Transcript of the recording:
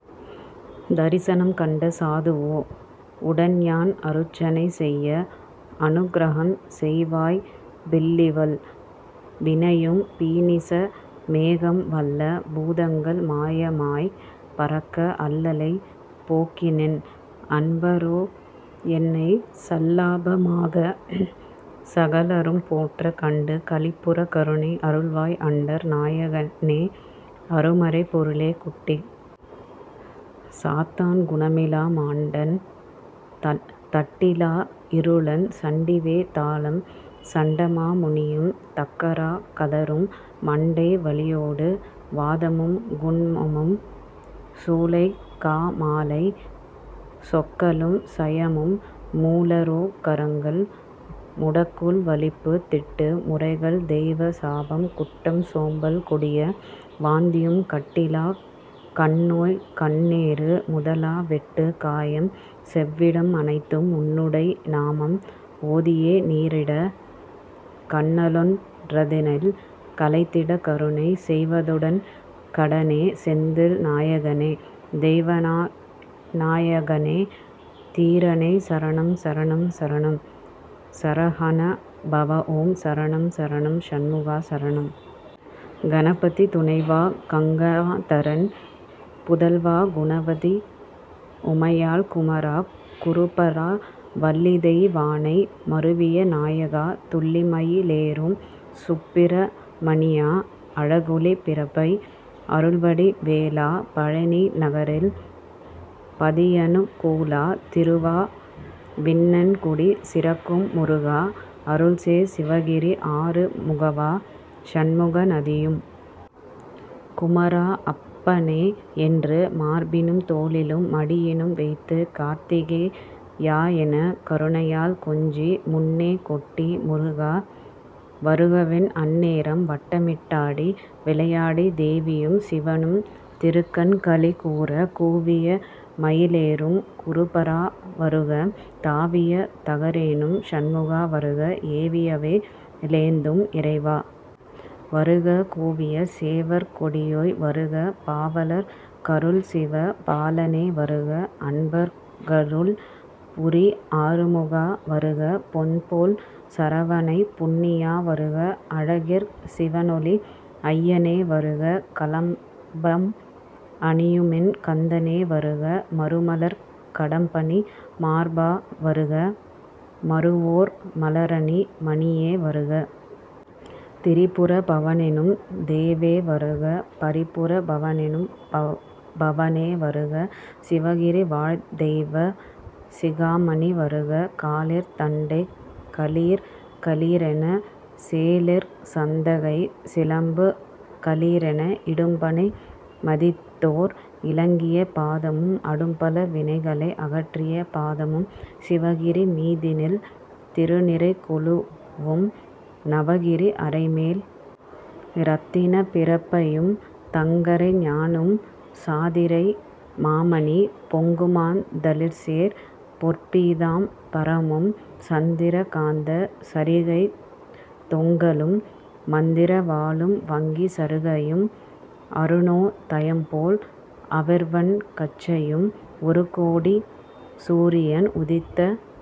தரிசனம் கண்ட சாதுவோ உடன்யான் அருச்சனை செய்ய அனுக்ரகம் செய்வாய் பில்லிவல் வினையும் பீனிச மேகம் வல்ல பூதங்கள் மாயமாய்ப் பறக்க அல்லலைப் போக்கிநின் அன்பரொ என்னைச் சல்லாப மாகச் சகலரும் போற்ற கண்டு களிப்புறக் கருணை அருள்வாய் அண்டர் நாயகனே அருமறைப் பொருளே குட்டிச் சாத்தான் குணமிலா மாடன் தட்டிலா இருளன் சண்டிவே தாளம் சண்டமா முனியும் தக்கராக் கதரும் மண்டை வலியொடு வாதமும் குன்மமும் சூலைகா மாலை சொக்கலும் சயமும் மூலரோ கங்கள் முடக்குள் வலிப்பு திட்டு முறைகள் தெய்வத சாபம் குட்டம் சோம்பல் கொடிய வாந்தியும் கட்டிலாக் கண்ணோய் கண்ணேறு முதலா வெட்டுக் காயம் வெவ்விடம் அனைத்தும் உன்னுடை நாமம் ஓதியே நீறிடக் கன்னலொன் றதனில் களைந்திடக் கருணை செய்வதுடன் கடனே செந்தில் நாயகனே தெய்வநா யகனே தீரனே சரணம் சரணம் சரணம் சரஹண பவஓம் சரணம் சரணம் சண்முகா சரணம்! கணபதி துணைவா கங்காதரன் புதல்வா குணவதி உமையாள் குமர குருபரா வள்ளிதெய் வானை மருவிய நாயகா துள்ளிமயி லேறும் சுப்பிர மணியா அழகொளிப் பிரபை அருள்வடி வேலா பழநி நகரில் பதியனு கூலா திருவா வினன்குடி சிறக்கும் முருகா அருள்சேர் சிவகிரி ஆறு முகவா சண்முகநதியும் குமரா! அப்பனே! என்று மார்பினும் தோளினும் மடியினும் வைத்துக் கார்த்திகே யாஎனக் கருணையால் கொஞ்சி முன்னே கொட்டி முருகா! வருகவென் அந்நேரம் வட்டமிட்டாடி விளையாடித் தேவியும் சிவனும் திருக்கண் களிகூரக் கூவிய மயிலேறும் குருபரா வருக தாவிய தகரேறும் சண்முகா வருக ஏவியவே லேந்தும் இறைவா வருக கூவிய சேவற் கொடியோய் வருக பாவலர்க் கருள்சிவ பாலனே வருக அன்பர்க் கருள்புரி ஆறுமுகா வருக பொன்போல் சரவணைப் புண்ணியா வருக அழகிற் சிவனொளி அய்யனே வருக கலபம் அணியுமென் கந்தனே வருக மருமலர்க் கடம்பணி மார்பா வருக மருவுவோர் மலரணி மணியே வருக திரிபுர பவனெனும் தேவே வருக பரிபுர பவனெனும் பவனே வருக சிவகிரி வாழ்தெய்வ சிகாமணி வருக காலிற் தண்டை கலீர் கலீரென சேலிற்சதங்கை சிலம்பு கலீரென இடும்பனை மிதித்ததோர் இலங்கிய பாதமும் அடும்பல வினைகளை அகற்றிய பாதமும் சிவகிரி மீதினில் திருநிறை கொலுவும் நவகிரி அரைமேல் இரத்தினப் பிரபையும் தங்கரை ஞாணும் சாதிரை மாமணி பொங்குமாந் தளிர்சேர் பொற்பீதாம் பரமும் சந்திர காந்தச் சரிகைத் தொங்கலும் மந்திரவாளும் வங்கிச் சரிகையும் அருணோ தயம்போல் அவிர்வன் கச்சையும் ஒருகோடி சூரியன் உதித்த